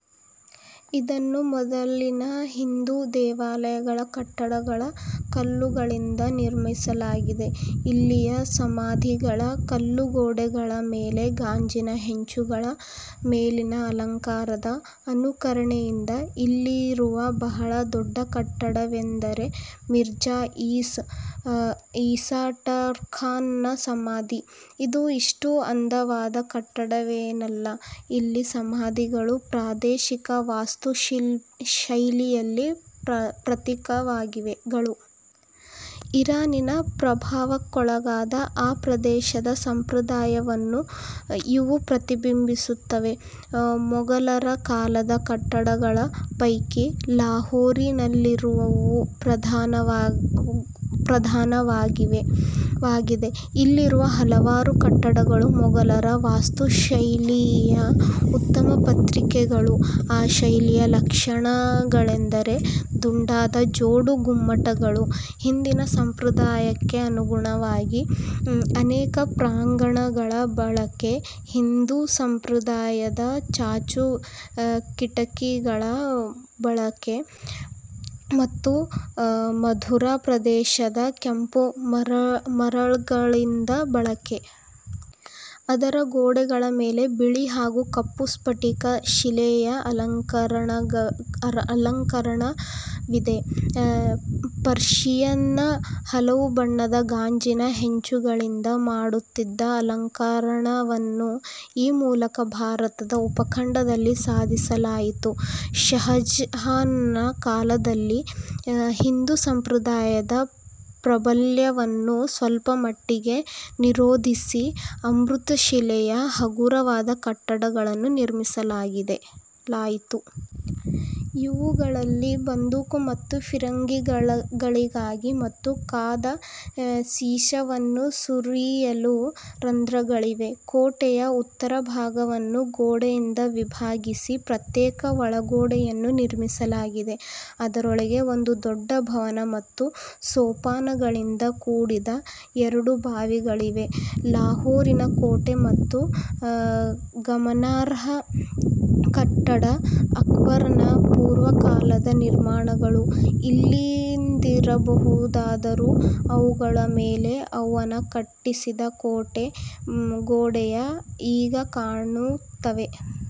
ಇದನ್ನು ಮೊದಲಿನ ಹಿಂದೂ ದೇವಾಲಯಗಳ ಕಟ್ಟಡಗಳ ಕಲ್ಲುಗಳಿಂದ ನಿರ್ಮಿಸಲಾಗಿದೆ. ಇಲ್ಲಿಯ ಸಮಾಧಿಗಳ ಕಲ್ಲುಗೋಡೆಗಳ ಮೇಲೆ ಗಾಜಿನ ಹೆಂಚುಗಳ ಮೇಲಿನ ಅಲಂಕಾರದ ಅನುಕರಣೆಯಿದೆ. ಇಲ್ಲಿರುವ ಬಹಳ ದೊಡ್ಡ ಕಟ್ಟಡವೆಂದರೆ ಮಿರ್ಜಾ ಈಸಾ ಟರ್ಖಾನನ ಸಮಾಧಿ. ಇದು ಅಷ್ಟು ಅಂದವಾದ ಕಟ್ಟಡವೇನಲ್ಲ. ಇಲ್ಲಿಯ ಸಮಾಧಿಗಳು ಪ್ರಾದೇಶಿಕ ವಾಸ್ತುಶೈಲಿಯ ಪ್ರತೀಕಗಳು. ಇರಾನಿನ ಪ್ರಭಾವಕ್ಕೊಳಗಾದ ಆ ಪ್ರದೇಶದ ಸಂಪ್ರದಾಯವನ್ನು ಇವು ಪ್ರತಿಬಿಂಬಿಸುತ್ತವೆ. ಮೊಗಲರ ಕಾಲದ ಕಟ್ಟಡಗಳ ಪೈಕಿ ಲಾಹೋರಿನಲ್ಲಿರುವವು ಪ್ರಧಾನವಾಗಿದೆ. ಅಲ್ಲಿರುವ ಹಲವಾರು ಕಟ್ಟಡಗಳು ಮೊಗಲ್ ವಾಸ್ತುಶೈಲಿಯ ಉತ್ತಮ ಪ್ರತೀಕಗಳು. ಆ ಶೈಲಿಯ ಲಕ್ಷಣಗಳೆಂದರೆ ದುಂಡಾದ ಜೋಡು ಗುಮ್ಮಟಗಳು, ಹಿಂದು ಸಂಪ್ರದಾಯಕ್ಕೆ ಅನುಗುಣವಾಗಿ ಅನೇಕ ಪ್ರಾಂಗಣಗಳ ಬಳಕೆ, ಹಿಂದು ಸಂಪ್ರದಾಯದ ಚಾಚು ಕಿಟಕಿಗಳ ಬಳಕೆ, ಮತ್ತು ಮಥುರಾ ಪ್ರದೇಶದ ಕೆಂಪು ಮರಳ್ಗಲ್ಲಿನ ಬಳಕೆ. ಅದರ ಗೋಡೆಗಳ ಮೇಲೆ ಬಿಳಿ ಮತ್ತು ಕಪ್ಪು ಸ್ಫಟಿಕ ಶಿಲೆಯ ಅಲಂಕರಣವಿದೆ. ಪರ್ಷಿಯದ ಹಲವು ಬಣ್ಣದ ಗಾಜಿನ ಹೆಂಚುಗಳಿಂದ ಮಾಡುತ್ತಿದ್ದ ಅಲಂಕರಣವನ್ನು ಈ ಮೂಲಕ ಭಾರತ ಉಪಖಂಡದಲ್ಲಿ ಸಾಧಿಸಲಾಯಿತು. ಷಹಜಹಾನನ ಕಾಲದಲ್ಲಿ ಹಿಂದೂ ಸಂಪ್ರದಾಯದ ಪ್ರಾಬಲ್ಯವನ್ನು ಸ್ವಲ್ಪ ಮಟ್ಟಿಗೆ ನಿರೋಧಿಸಿ ಅಮೃತಶಿಲೆಯ ಹಗುರವಾದ ಕಟ್ಟಡಗಳನ್ನು ನಿರ್ಮಿಸಲಾಯಿತು. ಇವುಗಳಲ್ಲಿ ಬಂದೂಕು ಮತ್ತು ಫಿರಂಗಿಗಳಿಗಾಗಿ ಮತ್ತು ಕಾದ ಸೀಸವನ್ನು ಸುರಿಯಲು ರಂಧ್ರಗಳಿವೆ. ಕೋಟೆಯ ಉತ್ತರಭಾಗವನ್ನು ಗೋಡೆಯಿಂದ ವಿಭಾಗಿಸಿ ಪ್ರತ್ಯೇಕ ಒಳಕೋಟೆಯನ್ನು ನಿರ್ಮಿಸಲಾಗಿದೆ. ಅದರೊಳಗೆ ಒಂದು ದೊಡ್ಡ ಭವನ ಮತ್ತು ಸೋಪಾನಗಳಿಂದ ಕೂಡಿದ ಎರಡು ಬಾವಿಗಳಿವೆ. ಲಾಹೋರಿನ ಕೋಟೆ ಮತ್ತೊಂದು ಗಮನಾರ್ಹ ಕಟ್ಟಡ. ಅಕ್ಬರನ ಪೂರ್ವಕಾಲದ ನಿರ್ಮಾಣಗಳು ಇಲ್ಲಿದ್ದಿರಬಹುದಾದರೂ ಅವುಗಳ ಮೇಲೆ ಅವನು ಕಟ್ಟಿಸಿದ ಕೋಟೆ ಗೋಡೆಗಳು ಈಗ ಕಾಣುತ್ತವೆ.